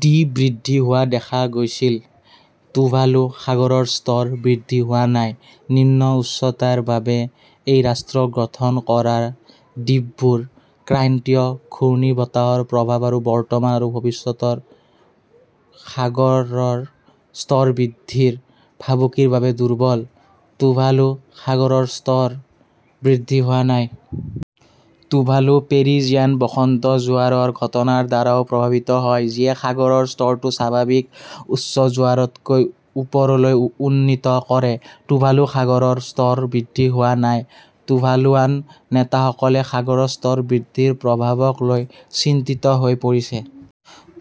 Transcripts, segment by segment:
D. বৃদ্ধি হোৱা দেখা গৈছিল। টুভালু সাগৰৰ স্তৰ বৃদ্ধি হোৱা নাই। নিম্ন উচ্চতাৰ বাবে, এই ৰাষ্ট্ৰ গঠন কৰা দ্বীপবোৰ ক্ৰান্তীয় ঘূৰ্ণীবতাহৰ প্ৰভাৱ আৰু বৰ্তমান আৰু ভৱিষ্যতৰ সাগৰৰ স্তৰ বৃদ্ধিৰ ভাবুকিৰ বাবে দুৰ্বল। টুভালু সাগৰৰ স্তৰ বৃদ্ধি হোৱা নাই। টুভালু পেৰিজিয়ান বসন্ত জোৱাৰৰ ঘটনাৰ দ্বাৰাও প্ৰভাৱিত হয় যিয়ে সাগৰৰ স্তৰটো স্বাভাৱিক উচ্চ জোৱাৰতকৈ ওপৰলৈ উন্নীত কৰে। টুভালু সাগৰৰ স্তৰ বৃদ্ধি হোৱা নাই। টুভালুৱান নেতাসকলে সাগৰৰ স্তৰ বৃদ্ধিৰ প্ৰভাৱক লৈ চিন্তিত হৈ পৰিছে।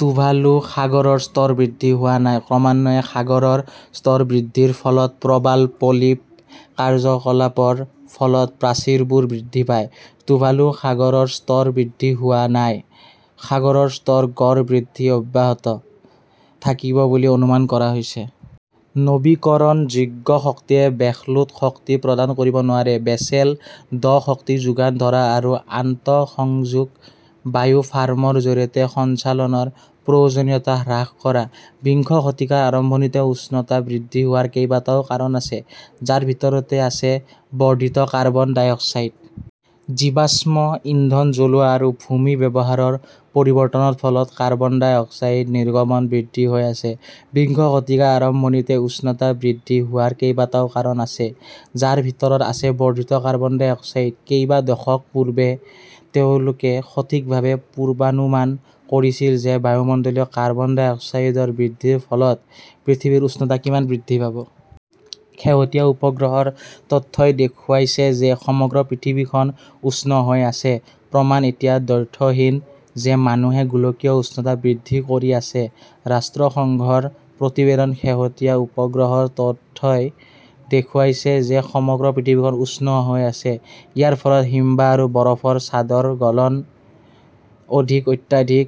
টুভালু সাগৰৰ স্তৰ বৃদ্ধি হোৱা নাই। ক্ৰমান্বয়ে সাগৰৰ স্তৰ বৃদ্ধিৰ ফলত প্ৰবাল পলিপ কাৰ্যকলাপৰ ফলত প্ৰাচীৰবোৰ বৃদ্ধি পায়। টুভালু সাগৰৰ স্তৰ বৃদ্ধি হোৱা নাই। সাগৰৰ স্তৰৰ গড় বৃদ্ধি অব্যাহত থাকিব বুলি অনুমান কৰা হৈছে। নৱীকৰণযোগ্য শক্তিয়ে বেসলোড শক্তি প্ৰদান কৰিব নোৱাৰে। "বেচেল 'ড শক্তি যোগান ধৰা আৰু আন্তঃসংযোগ বায়ু ফাৰ্মৰ জৰিয়তে সঞ্চালনৰ প্ৰয়োজনীয়তা হ্ৰাস কৰা। "। বিংশ শতিকাৰ আৰম্ভণিতে উষ্ণতা বৃদ্ধি হোৱাৰ কেইবাটাও কাৰণ আছে, যাৰ ভিতৰত আছে বৰ্ধিত কাৰ্বন ডাই অক্সাইড। জীৱাশ্ম ইন্ধন জ্বলোৱা আৰু ভূমি ব্যৱহাৰৰ পৰিৱৰ্তনৰ ফলত কাৰ্বন ডাই অক্সাইড নিৰ্গমন বৃদ্ধি হৈ আছে। বিংশ শতিকাৰ আৰম্ভণিতে উষ্ণতা বৃদ্ধি হোৱাৰ কেইবাটাও কাৰণ আছে, যাৰ ভিতৰত আছে বৰ্ধিত কাৰ্বন ডাই অক্সাইড। কেইবা দশক পূৰ্বে তেওঁলোকে সঠিকভাৱে পূৰ্বানুমান কৰিছিল যে বায়ুমণ্ডলীয় কাৰ্বন ডাই অক্সাইডৰ বৃদ্ধিৰ ফলত পৃথিৱীৰ উষ্ণতা কিমান বৃদ্ধি পাব। শেহতীয়া উপগ্ৰহৰ তথ্যই দেখুৱাইছে যে সমগ্ৰ পৃথিৱীখন উষ্ণ হৈ আছে। "প্ৰমাণ এতিয়া 'দ্ব্যৰ্থহীন' যে মানুহে গোলকীয় উষ্ণতা বৃদ্ধি কৰি আছে-ৰাষ্ট্ৰসংঘৰ প্ৰতিবেদন। " শেহতীয়া উপগ্ৰহৰ তথ্যই দেখুৱাইছে যে সমগ্ৰ পৃথিৱীখন উষ্ণ হৈ আছে। ইয়াৰ ফলত হিমবাহ আৰু বৰফৰ চাদৰ গলন, অধিক অত্যাধিক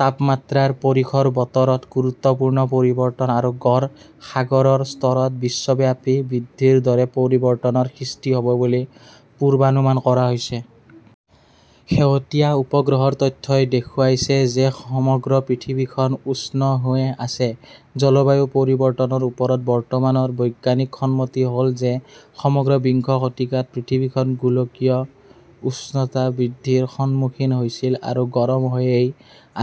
তাপমাত্ৰাৰ পৰিসৰ, বতৰত গুৰুত্বপূৰ্ণ পৰিৱৰ্তন আৰু গড় সাগৰৰ স্তৰত বিশ্বব্যাপী বৃদ্ধিৰ দৰে পৰিৱৰ্তনৰ সৃষ্টি হ 'ব বুলি পূৰ্বানুমান কৰা হৈছে। শেহতীয়া উপগ্ৰহৰ তথ্যই দেখুৱাইছে যে সমগ্ৰ পৃথিৱীখন উষ্ণ হৈ আছে। জলবায়ু পৰিৱৰ্তনৰ ওপৰত বৰ্তমানৰ বৈজ্ঞানিক সন্মতি হ 'ল যে সমগ্ৰ বিংশ শতিকাত পৃথিৱীখন গোলকীয় উষ্ণতা বৃদ্ধিৰ সন্মুখীন হৈছিল আৰু গৰম হৈয়েই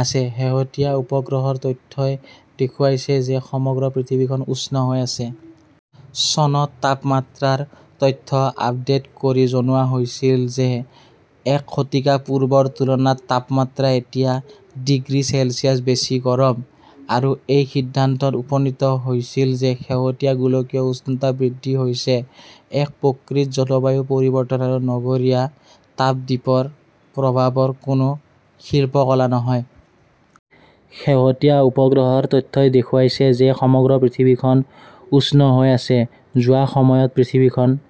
আছে। শেহতীয়া উপগ্ৰহৰ তথ্যই দেখুৱাইছে যে সমগ্ৰ পৃথিৱীখন উষ্ণ হৈ আছে। চনত তাপমাত্ৰাৰ তথ্য আপডেট কৰি জনোৱা হৈছিল যে এক শতিকা পূৰ্বৰ তুলনাত তাপমাত্ৰা এতিয়া ডিগ্ৰী চেলছিয়াছ বেছি গৰম, আৰু এই সিদ্ধান্তত উপনীত হৈছিল যে শেহতীয়া গোলকীয় উষ্ণতা বৃদ্ধি হৈছে এক প্ৰকৃত জলবায়ু পৰিৱৰ্তন আৰু নগৰীয়া তাপ দ্বীপৰ প্ৰভাৱৰ কোনো শিল্পকলা নহয়। শেহতীয়া উপগ্ৰহৰ তথ্যই দেখুৱাইছে যে সমগ্ৰ পৃথিৱীখন উষ্ণ হৈ আছে। যোৱা সময়ত পৃথিৱীখন